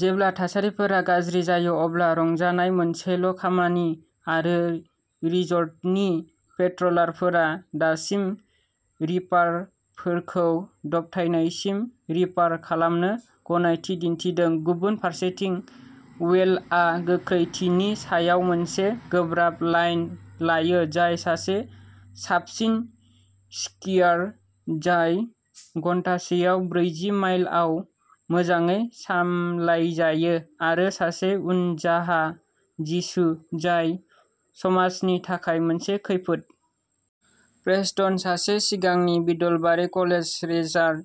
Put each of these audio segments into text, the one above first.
जेब्ला थासारिफोरा गाज्रि जायो, अब्ला रंजानाय मोनसेल' खामानि आरो रिसर्टनि पेट्रलारफोरा दासिम रिपारफोरखौ दबथायनायसिम रिपार खालामनो गनायथि दिन्थिदों। गुबुन फारसेथिं, वेलआ गोख्रैथिनि सायाव मोनसे गोब्राब लाइन लायो, जाय सासे साबसिन स्कियार, जाय घन्टासेआव ब्रैजि माइलआव मोजाङै सामलायजायो आरो सासे उनजाहा जिसु। जाय समाजनि थाखाय मोनसे खैफोद। प्रेस्टन, सासे सिगांनि बिडलबारि कलेज रेजार,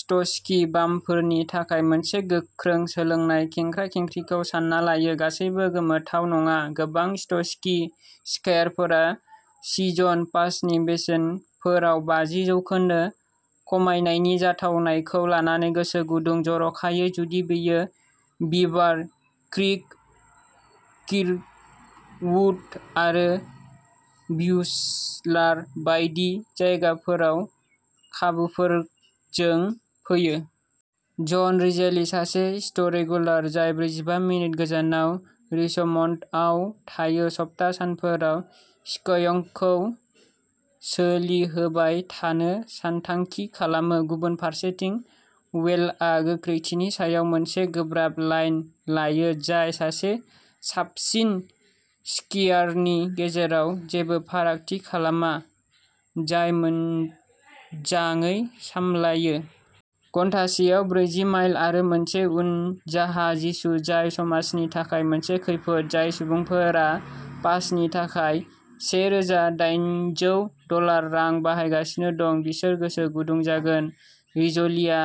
स्ट'स्कि बामफोरनि थाखाय मोनसे गोख्रों सोलोंनाय खेंख्रा-खेंख्रिखौ सान्ना लायो। गासैबो गोमोथाव नङा। गोबां स्ट'स्कि स्केयारफोरा सिजन पासनि बेसेनफोराव बाजि जौखोन्दो खमायनायनि जाथावनायखौ लानानै गोसो गुदुं, जर'खायै जुदि बेयो बिभार क्रिक, किरवुड आरो विउस्लार बायदि जायगाफोराव खाबुफोरजों फैयो। जन रिजेलि सासे स्ट'रेगुलार, जाय ब्रैजिबा मिनिट गोजानाव रिचमन्डआव थायो। सप्ता सानफोराव स्कइंगखौ सोलिहोबाय थानो सानथांखि खालामो। गुबुन फारसेथिं, वेलआ गोख्रैथिनि सायाव मोनसे गोब्राब लाइन लायो, जाय सासे साबसिन स्केयारनि गेजेराव जेबो फारागथि खालामा जाय मोनजाङै सामलायो। घन्टासेआव ब्रैजि माइल आरो मोनसे उनजाहा जिसु, जाय समाजनि थाखाय मोनसे खैफोद। जाय सुबुंफोरा पासनि थाखाय से रोजा दायेनजौ डलार रां बाहायगासिनो दं, बिसोर गोसो गुदुं जागोन रिजलिआ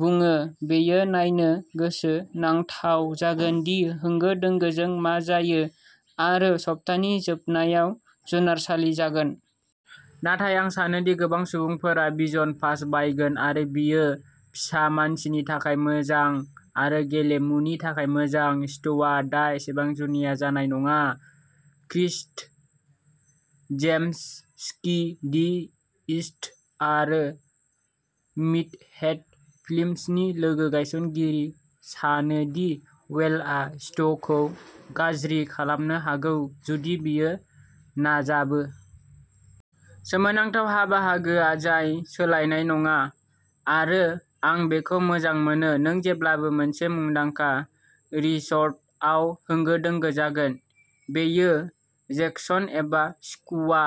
बुङो। बेयो नायनो गोसोनांथाव जागोन दि होंगो दोंगोजों मा जायो आरो सप्तानि जोबनायाव जुनारसालि जागोन। नाथाय आं सानोदि गोबां सुबुंफोरा बिजन पास बायगोन आरो बेयो फिसा मानसिनि थाखाय मोजां आरो गेलेमुनि थाखाय मोजां। स्ट'वा दा एसेबां जुनिया जानाय नङा। Chris James, ski the East आरो मिटहेड फिल्मसनि लोगो गायसनगिरि, सानो दि वेलआ स्ट'वखौ गाज्रि खालामनो हागौ, जुदि बियो नाजाबो। सोमोनांथाव हा बाहागोआ, जाय सोलायनाय नङा आरो आं बेखौ मोजां मोनो। नों जेब्लाबो मोनसे मुंदांखा रिसर्टआव होंगो दोंगो जागोन। बेयो जेक्सन एबा स्कुवा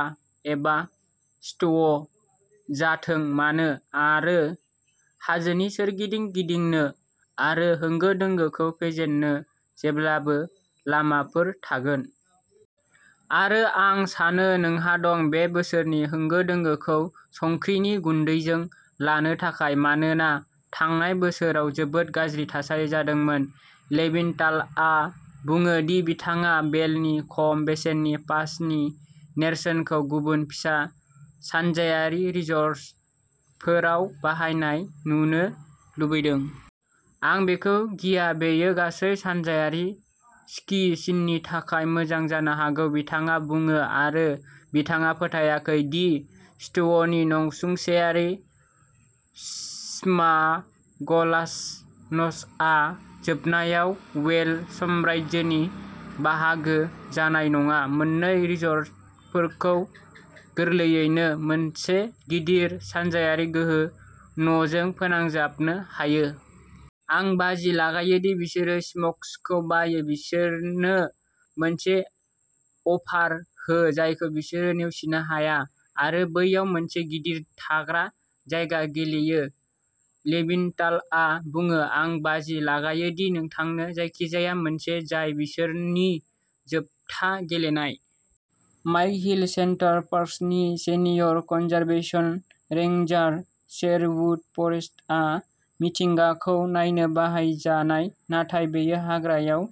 एबा स्ट'व जाथों मानो। आरो हाजोनि सोरगिदिं गिदिंनो आरो होंगो दोंगोखौ फेजेननो जेब्लाबो लामाफोर थागोन। आरो आं सानो नोंहा दं। बे बोसोरनि होंगो-दोंगोखौ संख्रिनि गुन्दैजों लानो थाखाय। मानोना थांनाय बोसोराव जोबोद गाज्रि थासारि जादोंमोन। लेभिनथालआ बुङो दि बिथाङा भेलनि खम बेसेननि पासनि नेरसोनखौ गुबुन फिसा सानजायारि रिसर्टफोराव बाहायनाय नुनो लुबैदों। आं बेखौ गिया बेयो गासै सानजायारि स्की सिननि थाखाय मोजां जानो हागौ बिथाङा बुङो आरो बिथाङा फोथायाखै दि स्ट'वनि नसुंसेयारि स्माग'लास'नचआ जोबनायाव वेल साम्रायजोनि बाहागो जानाय नङा। मोन्नै रिसर्टफोरखौ गोरलैयैनो मोनसे गिदिर सानजायारि गोहो न'जों फोनांजाबनो हायो। आं बाजि लागायो दि बिसोरो स्मग्सखौ बायो, बिसोरनो मोनसे अफार हो। जायखौ बिसोरो नेवसिनो हाया आरो बैयाव मोनसे गिदिर थाग्रा जायगा गेलेयो। लेभिनथालआ बुङो, आं बाजि लागायो दि नोंथांनो जायखिजाया मोनसे जाय बिसोरनि जोबथा गेलेनाय। माइक हिल सेन्टार पार्सनि सेनियर कनजारभेशन रेंजार शेरवुड फरेस्टआ मिथिंगाखौ नायनो बाहायजानाय। नाथाय बेयो हाग्रायाव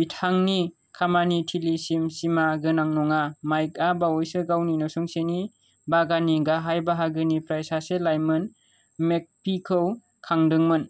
बिथांनि खामानि थिलिसिम सिमागोनां नङा। माइकआ बावैसो गावनि नसुंसेनि बागाननि गाहाय बाहागोनिफ्राय सासे लाइमोन मेगपीखौ खांदोंमोन।